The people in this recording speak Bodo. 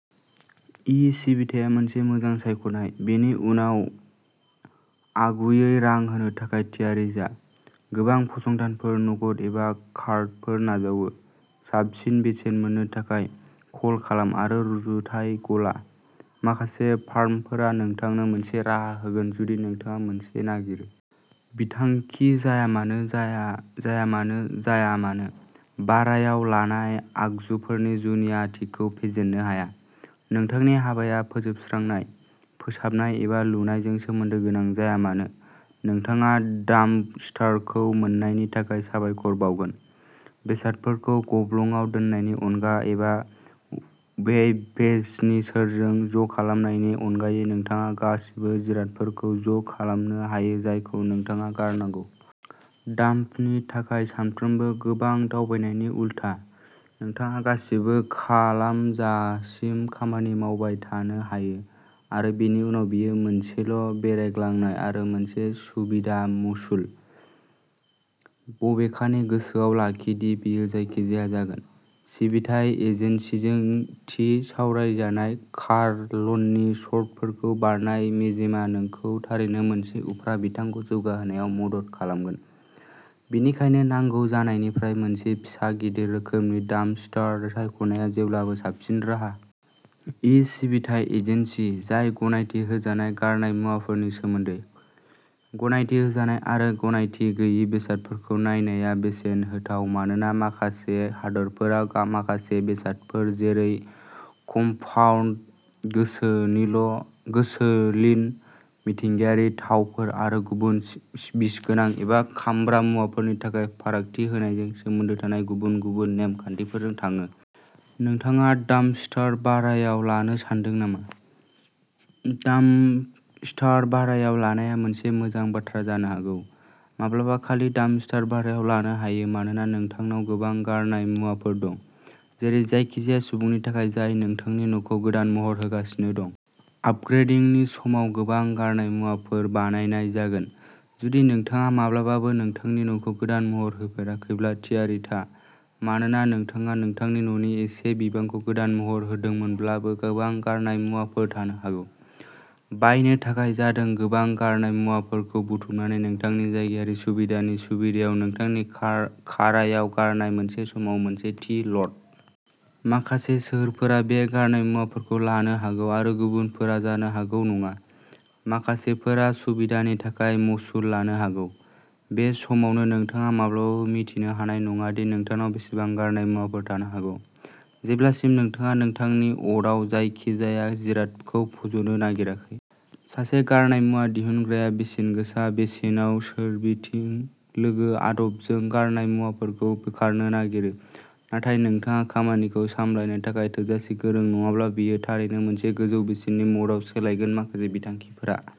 इ सिबिथाया मोनसे मोजां सायख'नाय बेनि उनाव, आगुयै रां होनो थाखाय थियारि जा। गोबां फसंथानफोरा नगद एबा कार्डफोर नाजावो। साबसिन बेसेन मोननो थाखाय, कल खालाम आरो रुजुथाय गला। माखासे फार्मफोरा नोंथांनो मोनसे राहा होगोन जुदि नोंथाङा मोनसे नागिरो। बिथांखि जायामानो जाया मानो, भारायाव लानाय आगजुफोरनि जुनियाथिखौ फेजेननो हाया। नोंथांनि हाबाया फोजोबस्रांनाय, फोसाबनाय एबा लुनायजों सोमोन्दो गोनां जाया मानो, नोंथाङा डाम्पस्टारखौ मोन्नायनि थाखाय साबायखर बावगोन। बेसादफोरखौ गब्लंआव दोननायनि अनगा एबा वेब पेजनि सेरजों ज'खालामनायनि अनगायै नोंथाङा गासिबो जिरादफोरखौ ज' खालामनो हायो जायखौ नोंथाङा गारनांगौ। डाम्पनि थाखाय सानफ्रोमबो गोबां दावबायनायनि उलथा, नोंथाङा गासिबो खालामजासिम खामानि मावबाय थानो हायो आरो बेनि उनाव बेयो मोनसेल'बेरायग्लांनाय आरो मोनसे सुबिदा मासुल। बबेखानि गोसोआव लाखि दि बेयो जायखिजाया जागोन। सिबिथाय एजेन्सिजों थि सावरायजानाय कार लननि सर्तफोरखौ बारनाय मेजेमआ नोंखौ थारैनो मोनसे उफ्रा बिबांखौ जौगाहोनायाव मदद खालामगोन, बेनिखायनो नांगौ जानायनिफ्राय मोनसे फिसा गिदिर रोखोमनि डाम्पस्टार सायख'नाया जेब्लाबो साबसिन राहा। इ सिबिथाइ एजेन्सि जाय गनायथि होजानाय गारनाय मुवाफोरनि सोमोन्दै। गनायथि होजानाय आरो गनायथि गैयै बेसादफोरखौ नायनाया बोसोन होथाव मानोना माखासे हादोरफोरा माखासे बेसादफोर जेरै कम्पाउन्ड, गेसोलिन, मिथिंगायारि थावफोर आरो गुबुन बिसगोनां एबा खामग्रा मुवाफोरनि थाखाय फारागथि होनायजों सोमोन्दो थानाय गुबुन-गुबुन नेम-खान्थिफोरजों थाङो। नोंथाङा डाम्पस्टार भारायाव लानो सान्दों नामा? डाम्पस्टार भारायाव लानाया मोनसे मोजां बाथ्रा जानो हागौ। माब्लाबा खालि डाम्पस्टार भारायाव लानो हायो मानोना नोंथांनाव गोबां गारनाय मुवाफोर दं। जेरै जायखिजाया सुबुंनि थाखाय जाय नोंथांनि न'खौ गोदान महर होगासिनो दं। आपग्रेदिंनि समाव। गोबां गारनाय मुवाफोर बानायनाय जागोन। जुदि नोंथाङा माब्लाबाबो नोंथांनि न'खौ गोदान महर होफेराखैब्ला थियारि था, मानोना नोंथाङा नोंथांनि न'नि एसे बिबांखौ गोदान महर होदोंमोनब्लाबो गोबां गारनाय मुवाफोर थानो हागौ। बायनो थाखाय जादों गोबां गारनाय मुवाफोरखौ बुथुमनानै नोंथांनि जायगायारि सुबिदानि सुबिदायाव नोंथांनि काराव गारनाय, मोनसे समाव मोनसे थि ल'ड। माखासे सोहोरफोरा बे गारनाय मुवाफोरखौ लानो हागौ आरो गुबुनफोरा जानो हागौ नङा। माखासेफोरा सुबिदानि थाखाय मासुल लानो हागौ। बे समावनो, नोंथाङा माब्लाबाबो मिन्थिनो हानाय नङा दि नोंथांनाव बेसेबां गारनाय मुवाफोर थानो हागौ, जेब्लासिम नोंथाङा नोंथांनि अट'आव जायखिजाया जिरादखौ फज'नो नागिराखै। सासे गारनाय मुवा दिहुनग्राया बेसेनगोसा बेसेनाव सोरबिथिं लोगो आदबजों गारनाय मुवाफोरखौ बोखारनो नागिरो, नाथाय नोंथाङा खामानिखौ सामलायनो थाखाय थोजासे गोरों नङाब्ला बेयो थारैनो मोनसे गोजौ बेसेननि मदआव सोलायगोन माखासे बिथांखिफोर।